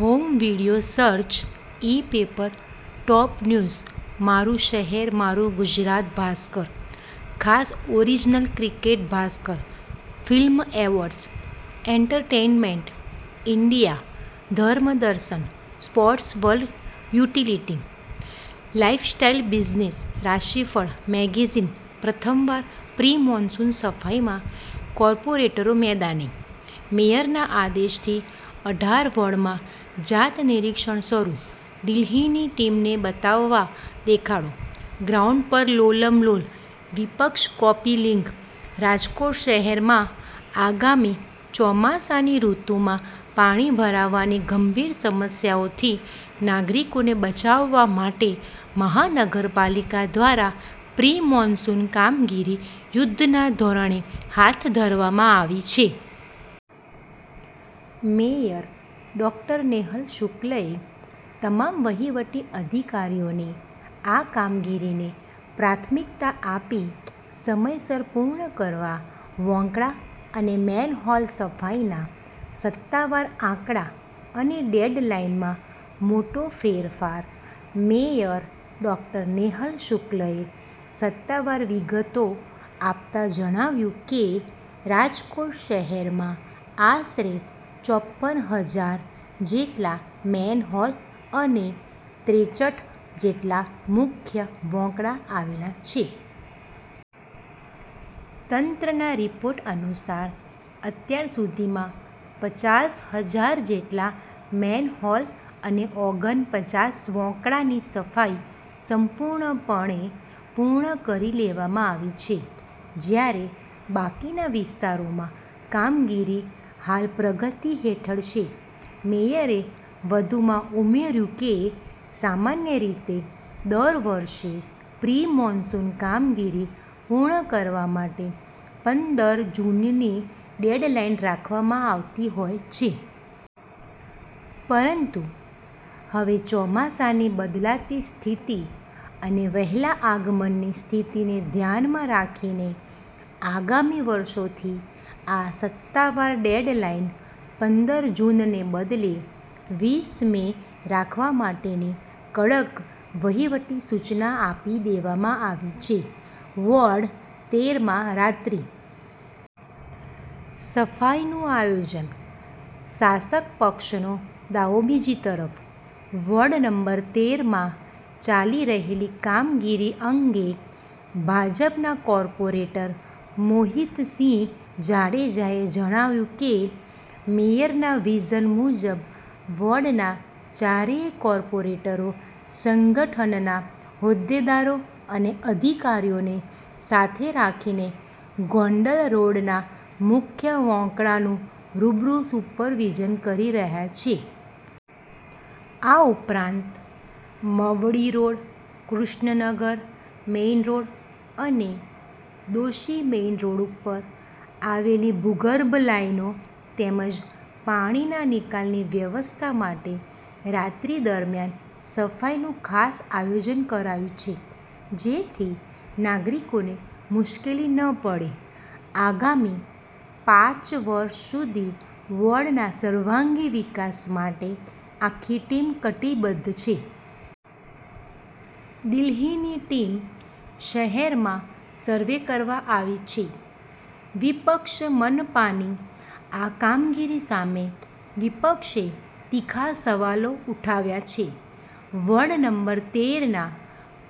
Home video search e-paper top news મારું શહેર મારું ગુજરાત ભાસ્કર ખાસ original cricket Bhaskar film awards entertainment India ધર્મ દર્શન sports world utility lifestyle business રાશિફળ મેગેઝિન પ્રથમવાર પ્રિ-મોન્સુન સફાઈમાં કોર્પોરેટરો મેદાને: મેયરના આદેશથી અઢાર વોર્ડમાં જાત-નિરીક્ષણ શરૂ, દિલ્હીની ટીમને બતાવવા દેખાડો, ગ્રાઉન્ડ પર 'લોલમ લોલ': વિપક્ષ કૉપી લિંક રાજકોટ શહેરમાં આગામી ચોમાસાની ઋતુમાં પાણી ભરાવાની ગંભીર સમસ્યાઓથી નાગરિકોને બચાવવા માટે મહાનગરપાલિકા દ્વારા પ્રિ-મોન્સુન કામગીરી યુદ્ધના ધોરણે હાથ ધરવામાં આવી છે. મેયર ડો. નેહલ શુક્લએ તમામ વહીવટી અધિકારીઓને આ કામગીરીને પ્રાથમિકતા આપી સમયસર પૂર્ણ કરવા વોંકળા અને મેનહોલ સફાઈના સત્તાવાર આંકડા અને ડેડલાઇનમાં મોટો ફેરફાર મેયર ડો. નેહલ શુક્લએ સત્તાવાર વિગતો આપતા જણાવ્યું કે, રાજકોટ શહેરમાં આશરે ચોપન હજાર જેટલા મેનહોલ અને ત્રેચઠ જેટલા મુખ્ય વોંકળા આવેલા છે. તંત્રના રિપોર્ટ અનુસાર, અત્યાર સુધીમાં પચાસ હજાર જેટલા મેનહોલ અને ઓગન પચાસ વોંકળાની સફાઈ સંપૂર્ણપણે પૂર્ણ કરી લેવામાં આવી છે, જ્યારે બાકીના વિસ્તારોમાં કામગીરી હાલ પ્રગતિ હેઠળ છે. મેયરે વધુમાં ઉમેર્યું કે, સામાન્ય રીતે દર વર્ષે પ્રિ-મોન્સુન કામગીરી પૂર્ણ કરવા માટે પંદર જૂનની ડેડલાઇન રાખવામાં આવતી હોય છે. પરંતુ હવે ચોમાસાની બદલાતી સ્થિતિ અને વહેલા આગમનની સ્થિતિને ધ્યાનમાં રાખીને, આગામી વર્ષોથી આ સત્તાવાર ડેડલાઇન પંદર જૂનને બદલે વીસ મે રાખવા માટેની કડક વહીવટી સૂચના આપી દેવામાં આવી છે. વોર્ડ-તેર માં રાત્રિ સફાઈનું આયોજન, શાસક પક્ષનો દાવો બીજી તરફ, વોર્ડ નંબર તેર માં ચાલી રહેલી કામગીરી અંગે ભાજપના કોર્પોરેટર મોહિતસિંહ જાડેજાએ જણાવ્યું કે, મેયરના વિઝન મુજબ વોર્ડના ચારેય કોર્પોરેટરો સંગઠનના હોદ્દેદારો અને અધિકારીઓને સાથે રાખીને ગોંડલ રોડના મુખ્ય વોંકળાનું રૂબરૂ સુપરવિઝન કરી રહ્યા છે. આ ઉપરાંત, Mavdi road, Krishnanagar main road અને દોશી મેઈન રોડ ઉપર આવેલી ભૂગર્ભ લાઈનો તેમજ પાણીના નિકાલની વ્યવસ્થા માટે રાત્રિ દરમિયાન સફાઈનું ખાસ આયોજન કરાયું છે, જેથી નાગરિકોને મુશ્કેલી ન પડે. આગામી પાચ વર્ષ સુધી વોર્ડના સર્વાંગી વિકાસ માટે આખી ટીમ કટિબદ્ધ છે. દિલ્હીની ટીમ શહેરમાં સર્વે કરવા આવી છેઃ વિપક્ષ મનપાની આ કામગીરી સામે વિપક્ષે તીખા સવાલો ઉઠાવ્યા છે. વોર્ડ નંબર તેર ના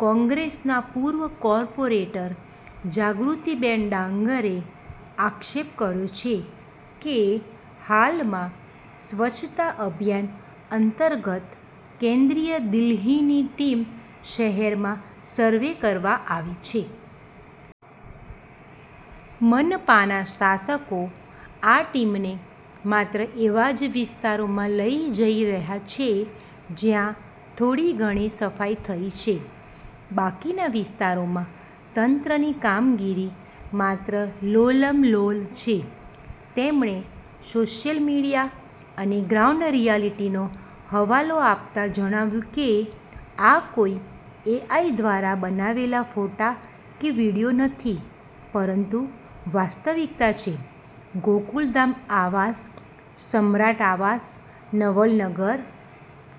કોંગ્રેસના પૂર્વ કોર્પોરેટર જાગૃતિબેન ડાંગરે આક્ષેપ કર્યો છે કે, હાલમાં સ્વચ્છતા અભિયાન અંતર્ગત કેન્દ્રીય દિલ્હીની ટીમ શહેરમાં સર્વે કરવા આવી છે. મનપાના શાસકો આ ટીમને માત્ર એવા જ વિસ્તારોમાં લઈ જઈ રહ્યા છે, જ્યાં થોડી ઘણી સફાઈ થઈ છે, બાકીના વિસ્તારોમાં તંત્રની કામગીરી માત્ર 'લોલમ લોલ' છે. તેમણે સોશિયલ મીડિયા અને ગ્રાઉન્ડ રિયાલિટીનો હવાલો આપતા જણાવ્યું કે, આ કોઈ એઆઈ દ્વારા બનાવેલા ફોટા કે વીડિયો નથી, પરંતુ વાસ્તવિકતા છે. ગોકુલધામ આવાસ, સમ્રાટ આવાસ, નવલનગર.